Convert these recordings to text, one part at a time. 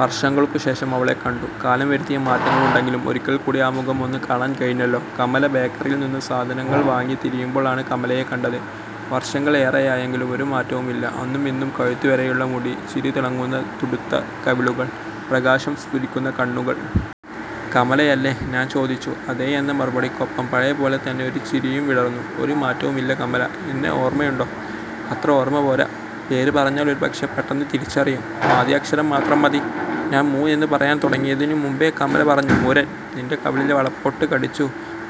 വർഷങ്ങൾക്കുശേഷം അവളെ കണ്ടു, കാലം വരുത്തിയ മാറ്റങ്ങളുണ്ടെങ്കിലും ഒരിക്കൽ കൂടി ആ മുഖം ഒന്ന് കാണാൻ കഴിഞ്ഞല്ലോ... കമല ബേക്കറിയിൽ നിന്ന് സാധനങ്ങൾ വാങ്ങി തിരിയുമ്പോൾ ആണ് കമലയെ കണ്ടത്. വർഷങ്ങൾ ഏറെയായെങ്കിലും ഒരു മാറ്റവുമില്ല. അന്നും ഇന്നും കഴുത്ത് വരെയുള്ള മുടി, ചിരി തിളങ്ങുന്ന തുടുത്ത കവിളുകൾ, പ്രകാശം സ്ഫുരിക്കുന്ന കണ്ണുകൾ. "കമലയല്ലേ" ഞാൻ ചോദിച്ചു. അതെയെന്ന മറുപടിക്കൊപ്പം പഴയപോലെ തന്നെ ഒരു ചിരിയും വിടർന്നു. "ഒരു മാറ്റവുമില്ല കമല, എന്നെ ഓർമയുണ്ടോ" "അത്ര ഓർമ പോര, പേര് പറഞ്ഞാൽ ഒരു പക്ഷെ പെട്ടെന്ന് തിരിച്ചറിയും, ആദ്യ അക്ഷരം മാത്രം മതി". ഞാൻ മു എന്ന് പറയാൻ തുടങ്ങുന്നതിനുമുമ്പേ കമല പറഞ്ഞു, 'മുരൻ, നിന്റെ കവിളിലെ വളപ്പൊട്ട് കടിച്ചു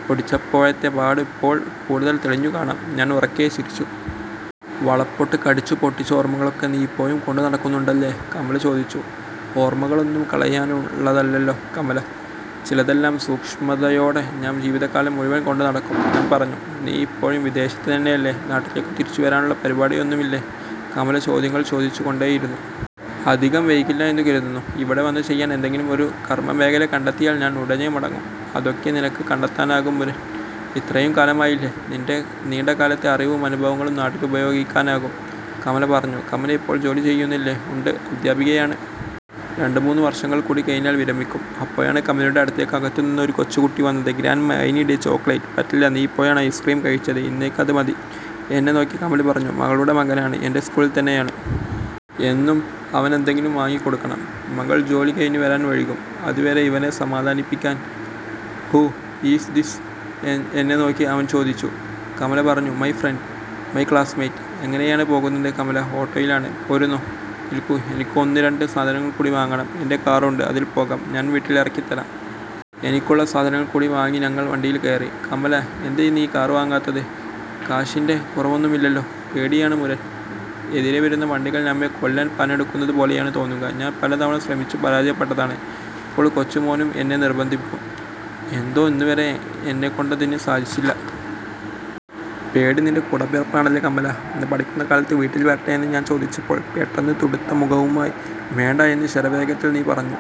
പൊട്ടിച്ചപ്പോഴത്തെ പാട് ഇപ്പോൾ കൂടുതൽ തെളിഞ്ഞു കാണാം' ഞാൻ ഉറക്കെ ചിരിച്ചു. 'വളപ്പൊട്ട് കടിച്ചു പൊട്ടിച്ച ഓർമകളൊക്കെ നീ ഇപ്പോഴും കൊണ്ട് നടക്കുന്നുണ്ടല്ലെ' കമല ചോദിച്ചു. 'ഓർമകളൊന്നും കളയാനുള്ളതല്ലല്ലോ കമല, ചിലതെല്ലാം സൂക്ഷ്മതയോടെ നാം ജീവിതകാലം മുഴുവൻ കൊണ്ട് നടക്കും'. ഞാൻ പറഞ്ഞു. 'നീ ഇപ്പോഴും വിദേശത്ത് തന്നെയല്ലേ, നാട്ടിലേക്കു തിരിച്ചു വരാനുള്ള പരിപാടിയൊന്നുമില്ലേ? ' കമല ചോദ്യങ്ങൾ ചോദിച്ചു കൊണ്ടേയിരുന്നു. 'അധികം വൈകില്ല എന്ന് കരുതുന്നു. ഇവിടെ വന്നു ചെയ്യാൻ എന്തെകിലും ഒരു കർമമേഖല കണ്ടെത്തിയാൽ ഞാൻ ഉടനെ മടങ്ങും'. 'അതൊക്കെ നിനക്ക് കണ്ടെത്താനാകും മുരൻ, ഇത്രയും കാലമായില്ലേ, നിന്റെ നീണ്ടകാലത്തെ അറിവും അനുഭവങ്ങളും നാട്ടിൽ ഉപയോഗിക്കാനാകും'. കമല പറഞ്ഞു. കമല ഇപ്പോഴും ജോലി ചെയ്യുന്നില്ലേ. ഉണ്ട്, അധ്യാപികയാണ്. രണ്ടുമൂന്ന് വർഷങ്ങൾ കൂടി കഴിഞ്ഞാൽ വിരമിക്കും. അപ്പോഴാണ് കമലയുടെ അടുത്തേക്ക് അകത്ത് നിന്ന് ഒരു കൊച്ചു കുട്ടി വന്നത്. 'Grandma, I need a chocolate ' പറ്റില്ല, നീ ഇപ്പോഴാണ് ഐസ്ക്രീം കഴിച്ചത്, ഇന്നേക്ക് അത് മതി. എന്നെ നോക്കി കമല പറഞ്ഞു, 'മകളുടെ മകനാണ്, എന്റെ സ്കൂളിൽ തന്നെയാണ്. എന്നും അവനെന്തെങ്കിലും വാങ്ങി കൊടുക്കണം, മകൾ ജോലി കഴിഞ്ഞു വരാൻ വൈകും, അത് വരെ ഇവനെ സമാധാനിപ്പിക്കാൻ'. 'ഹു ഈസ് ദിസ്' എന്നെ നോക്കി അവൻ ചോദിച്ചു. കമല പറഞ്ഞു, 'മൈ ഫ്രണ്ട്, മൈ ക്ലാസ്മേറ്റ്. 'എങ്ങിനെയാണ് പോകുന്നത് കമല' 'ഓട്ടോയിലാണ്, പോരുന്നോ'. 'നിൽക്കൂ, എനിക്ക് ഒന്ന് രണ്ട് സാധനങ്ങൾ കൂടി വാങ്ങണം, എന്റെ കാറുണ്ട് അതിൽ പോകാം, ഞാൻ വീട്ടിൽ ഇറക്കി തരാം'. എനിക്കുള്ള സാധനങ്ങൾ കൂടി വാങ്ങി ഞങ്ങൾ വണ്ടിയിൽ കയറി. 'കമല എന്താ നീ കാറ് വാങ്ങാത്തത്, കാശിന്റെ കുറവൊന്നുമില്ലല്ലോ' 'പേടിയാണ് മുരൻ, എതിരെ വരുന്ന വണ്ടികൾ നമ്മെ കൊല്ലാൻ പാഞ്ഞടുക്കുന്നതുപോലെയാണ് തോന്നുക, ഞാൻ പല തവണ ശ്രമിച്ചു പരാജയപ്പെട്ടതാണ്. ഇപ്പോൾ കൊച്ചുമോനും എന്നെ നിർബന്ധിക്കും, എന്തോ ഇന്നുവരെ എന്നൊക്കൊണ്ടതിന് സാധിച്ചില്ല'. 'പേടി നിന്റെ കൂടപ്പിറപ്പാണല്ലോ കമല, അന്ന് പഠിക്കുന്ന കാലത്ത് വീട്ടിൽ വരട്ടെ എന്ന് ഞാൻ ചോദിച്ചപ്പോൾ, പെട്ടെന്ന് തുടുത്ത മുഖവുമായി 'വേണ്ട' എന്ന് ശരവേഗത്തിൽ നീ പറഞ്ഞു.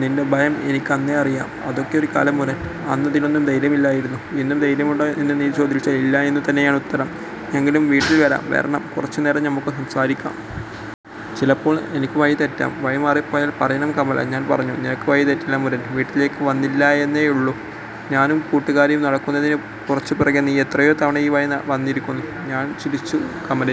നിന്റെ ഭയം എനിക്ക് അന്നേ അറിയാം'. 'അതൊക്കെ ഒരു കാലം മുരൻ, അന്നതിനൊന്നും ധൈര്യമില്ലായിരുന്നു. ഇന്നും ധൈര്യമുണ്ടോ എന്ന് നീ ചോദിച്ചാൽ ഇല്ല എന്നുതന്നെയാണ് ഉത്തരം, എങ്കിലും വീട്ടിൽ വരാം, വരണം, കുറച്ചു നേരം നമുക്ക് സംസാരിക്കാം'. 'ചിലപ്പോൾ എനിക്ക് വഴി തെറ്റാം, വഴിമാറിപോയാൽ പറയണം കമല'. ഞാൻ പറഞ്ഞു. 'നിനക്ക് വഴിതെറ്റില്ല മുരൻ, വീട്ടിലേക്ക് വന്നില്ലായെന്നല്ലേയുള്ളൂ. ഞാനും കൂട്ടുകാരിയും നടക്കുന്നതിന് കുറച്ചു പിറകെ നീ എത്രയോ തവണ ഈ വഴി വന്നിരിക്കുന്നു'. ഞാൻ ചിരിച്ചു, കമലയും